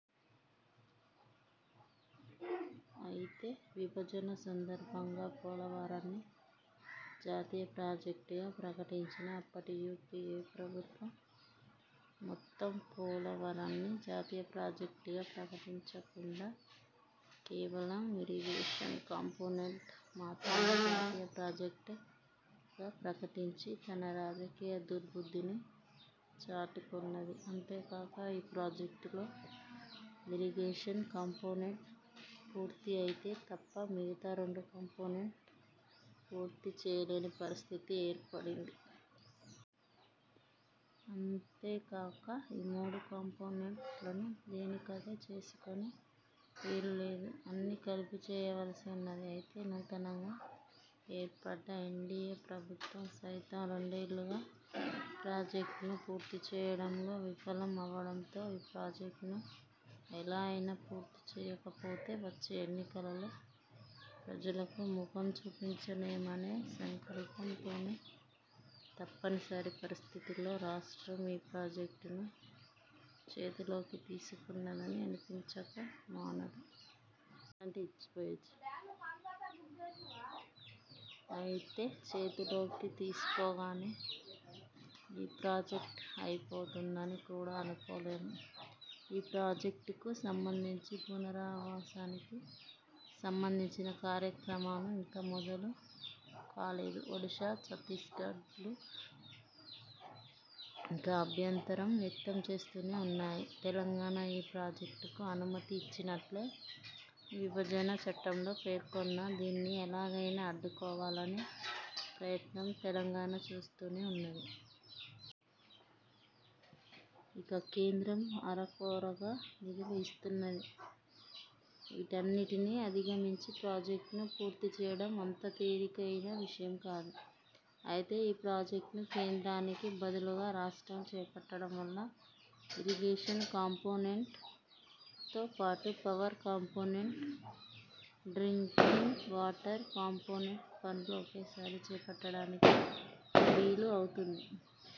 అయితే విభజన సందర్భంగా పోలవరాన్ని జాతీయ ప్రాజెక్ట్ గా ప్రకటించిన అప్పటి యూపీఏ ప్రభుత్వం మొత్తం పోలవరాన్ని జాతీయ ప్రాజెక్ట్ గా ప్రకటించకుండా కేవలం ఇరిగేషన్ కంపోనెంట్ మాత్రమే జాతీయ ప్రాజెక్ట్ గా ప్రకటించి తన రాజకీయ దుర్భుద్ధిని చాటుకొన్నది. అంతే కాక ఈ ప్రాజెక్టులో ఇరిగేషన్ కంపోనెంట్ పూర్తి అయితే తప్ప, మిగతా రెండు కంపోనెంట్ పూర్తి చేయలేని పరిస్థితి ఏర్పడింది. అంతే కాక ఈ మూడు కంపోనెంట్ లను దేనికదే చేసుకొనే వీలు లేదు. అన్ని కలిపే చేయవలసి ఉన్నది. అయితే నూతనంగా ఏర్పడ్డ ఎన్డీయే ప్రభుత్వం సైతం రెండేళ్లుగా ప్రాజెక్ట్ ను పూర్తి చేయడం లో విఫలం అవ్వడంతో, ఈ ప్రాజెక్ట్ ను ఎలా అయినా పూర్తి చేయకపోతే వచ్చే ఎన్నికలలో ప్రజలకు ముఖం చూపించలేమనే సంకల్పం తోనే తప్పనిసరి పరిస్థితిలో రాష్ట్రం ఈ ప్రాజెక్ట్ ను చేతులలోకి తీసుకున్నది అనిపించక మానదు. అయితే చేతులలోకి తీసుకోగానే, ఈ ప్రాజెక్ట్ అయిపోతుందని కూడా అనుకోలేము. ఈ ప్రాజెక్ట్ కు సంబంధించి పునరావాసానికి సంబంధిచిన కార్యక్రమాలు ఇంకా మొదలు కాలేదు. ఒడిశా, ఛత్తీస్గఢ్లు ఇంకా అభ్యంతరం వ్యక్తం చేస్తూనే ఉన్నాయి. తెలంగాణ ఈ ప్రాజెక్ట్ కు అనుమతి ఇచ్చినట్లే, విభజన చట్టంలో పేర్కొన్నా- దీన్ని ఎలాగైనా అడ్డుకోవాలనే ప్రయత్నం తెలంగాణ చేస్తూనే ఉన్నది. ఇక కేంద్రం అరకొరగా నిధులు ఇస్తున్నది. వీటన్నిటినీ అధిగమించి ప్రాజెక్ట్ ను పూర్తి చేయడం అంత తేలికయిన విషయం కాదు. అయితే ఈ ప్రాజెక్ట్ ను కేంద్రానికి బదులు గా రాష్ట్రం చేపట్టడం వల్ల ఇరిగేషన్ కంపోనెంట్ తో పాటు, power component, drinking water component పనులు ఒకేసారి చేపట్టడానికి వీలు అవుతుంది.